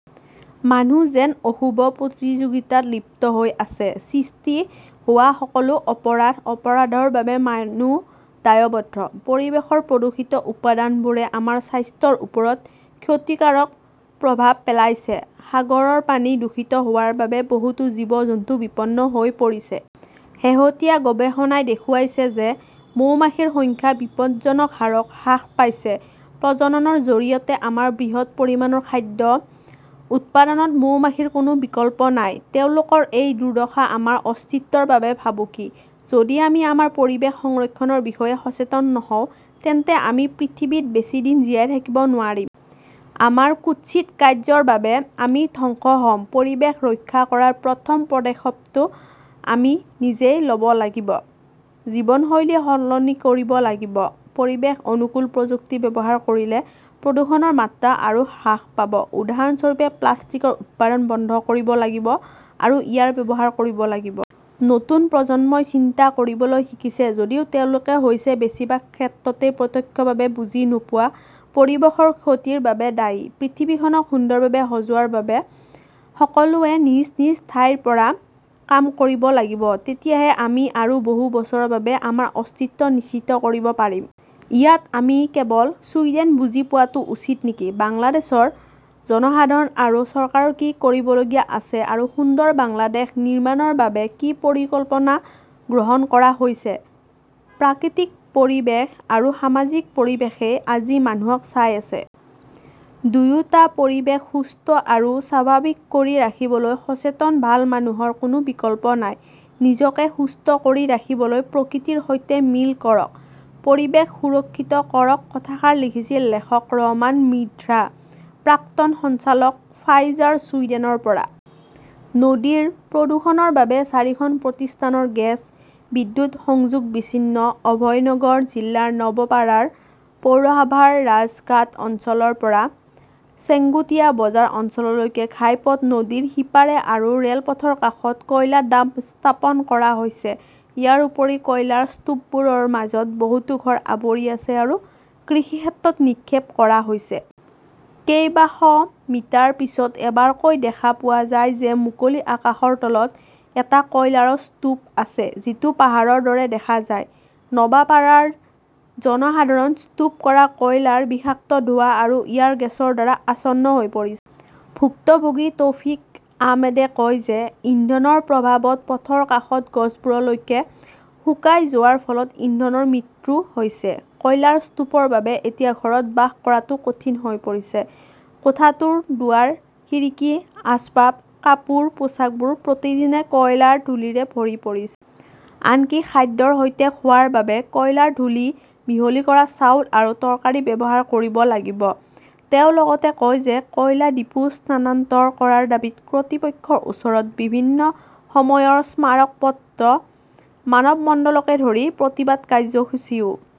মানুহ যেন অশুভ প্ৰতিযোগিতাত লিপ্ত হৈ আছে। সৃষ্টি হোৱা সকলো অপৰাধ, অপৰাধৰ বাবে মানুহ দায়বদ্ধ। পৰিৱেশৰ প্ৰদূষিত উপাদানবোৰে আমাৰ স্বাস্থ্যৰ ওপৰত ক্ষতিকাৰক প্ৰভাৱ পেলাইছে। সাগৰৰ পানী দূষিত হোৱাৰ বাবে বহুতো জীৱ-জন্তু বিপন্ন হৈ পৰিছে। শেহতীয়া গৱেষণাই দেখুৱাইছে যে মৌমাখিৰ সংখ্যা বিপদজনক হাৰত হ্ৰাস পাইছে। প্ৰজননৰ জৰিয়তে আমাৰ বৃহৎ পৰিমাণৰ খাদ্য উৎপাদনত মৌমাখিৰ কোনো বিকল্প নাই। তেওঁলোকৰ এই দুৰ্দশা আমাৰ অস্তিত্বৰ বাবে ভাবুকি। যদি আমি আমাৰ পৰিৱেশ সংৰক্ষণৰ বিষয়ে সচেতন নহওঁ তেন্তে আমি পৃথিৱীত বেছি দিন জীয়াই থাকিব নোৱাৰিম। আমাৰ কুৎসিত কাৰ্য্যৰ বাবে আমি ধ্বংস হ'ম। পৰিৱেশ ৰক্ষা কৰাৰ প্ৰথম পদক্ষেপটো আমি নিজেই ল'ব লাগিব। জীৱনশৈলী সলনি কৰিব লাগিব। পৰিৱেশ অনুকূল প্ৰযুক্তি ব্যৱহাৰ কৰিলে প্ৰদূষণৰ মাত্ৰা আৰু হ্ৰাস পাব। উদাহৰণস্বৰূপে, প্লাষ্টিকৰ উৎপাদন বন্ধ কৰিব লাগিব আৰু ইয়াৰ ব্যৱহাৰ কৰিব লাগিব। নতুন প্ৰজন্মই চিন্তা কৰিবলৈ শিকিছে যদিও তেওঁলোক হৈছে বেছিভাগ ক্ষেত্ৰতে প্ৰত্যক্ষভাৱে বুজি নোপোৱা পৰিৱেশৰ ক্ষতিৰ বাবে দায়ী। পৃথিৱীখনক সুন্দৰভাৱে সজোৱাৰ বাবে সকলোৱে নিজ নিজ ঠাইৰ পৰা কাম কৰিব লাগিব। তেতিয়াহে আমি আৰু বহু বছৰৰ বাবে আমাৰ অস্তিত্ব নিশ্চিত কৰিব পাৰিম। ইয়াত আমি কেৱল ছুইডেন বুজি পোৱাটো উচিত নেকি? বাংলাদেশৰ জনসাধাৰণ আৰু চৰকাৰৰ কি কৰিবলগীয়া আছে আৰু সুন্দৰ বাংলাদেশ নিৰ্মাণৰ বাবে কি পৰিকল্পনা গ্ৰহণ কৰা হৈছে? প্ৰাকৃতিক পৰিৱেশ আৰু সামাজিক পৰিৱেশই আজি মানুহক চাই আছে। দুয়োটা পৰিৱেশ সুস্থ আৰু স্বাভাৱিক কৰি ৰাখিবলৈ সচেতন ভাল মানুহৰ কোনো বিকল্প নাই। নিজকে সুস্থ কৰি ৰাখিবলৈ প্ৰকৃতিৰ সৈতে মিল কৰক, পৰিৱেশ সুৰক্ষিত কৰক- কথাষাৰ লিখিছিল লেখক ৰহমান মৃধা, প্ৰাক্তন সঞ্চালক ফাইজাৰ, ছুইডেনৰ পৰা । নদীৰ প্ৰদূষণৰ বাবে চাৰিখন প্ৰতিষ্ঠানৰ গেছ, বিদ্যুৎ সংযোগ বিচ্ছিন্ন অভয়নগৰ জিলাৰ নৱাপাৰা পৌৰসভাৰ ৰাজঘাট অঞ্চলৰ পৰা চেঙ্গুটিয়া বজাৰ অঞ্চললৈকে ঘাইপথ, নদীৰ সিপাৰে আৰু ৰেলপথৰ কাষত কয়লা ডাম্প স্থাপন কৰা হৈছে। ইয়াৰ উপৰিও, কয়লাৰ স্তূপবোৰৰ মাজত বহুতো ঘৰ আৱৰি আছে আৰু কৃষিক্ষেত্ৰত নিক্ষেপ কৰা হৈছে। কেইবাশ মিটাৰ পিছত এবাৰকৈ দেখা পোৱা যায় যে মুকলি আকাশৰ তলত এটা কয়লাৰ স্তূপ আছে। যিটো পাহাৰৰ দৰে দেখা যায়। নৱাপাড়াৰ জনসাধাৰণ স্তূপ কৰা কয়লাৰ বিষাক্ত ধোঁৱা আৰু ইয়াৰ গেছৰ দ্বাৰা আচ্ছন্ন হৈ পৰিছে। ভুক্তভোগী তৌফিক আহমেদে কয় যে ইন্ধনৰ প্ৰভাৱত পথৰ কাষৰ গছবোৰলৈকে শুকাই যোৱাৰ ফলত ইন্ধনৰ মৃত্যু হৈছে। কয়লাৰ স্তূপৰ বাবে এতিয়া ঘৰত বাস কৰাটো কঠিন হৈ পৰিছে। কোঠাটোৰ দুৱাৰ-খিৰিকী আচবাব, কাপোৰ পোচাকবোৰ প্ৰতিদিনে কয়লাৰ ধূলিৰে ভৰি পৰিছে। আনকি খাদ্যৰ সৈতে খোৱাৰ বাবে কয়লাৰ ধূলি মিহলি কৰা চাউল আৰু তৰকাৰী ব্যৱহাৰ কৰিব লাগিব। তেওঁ লগতে কয় যে কয়লা ডিপো স্থানান্তৰ কৰাৰ দাবীত কৰ্তৃপক্ষৰ ওচৰত বিভিন্ন সময়ৰ স্মাৰক পত্ৰ, মানৱমণ্ডলকে ধৰি প্ৰতিবাদ কাৰ্যসূচীও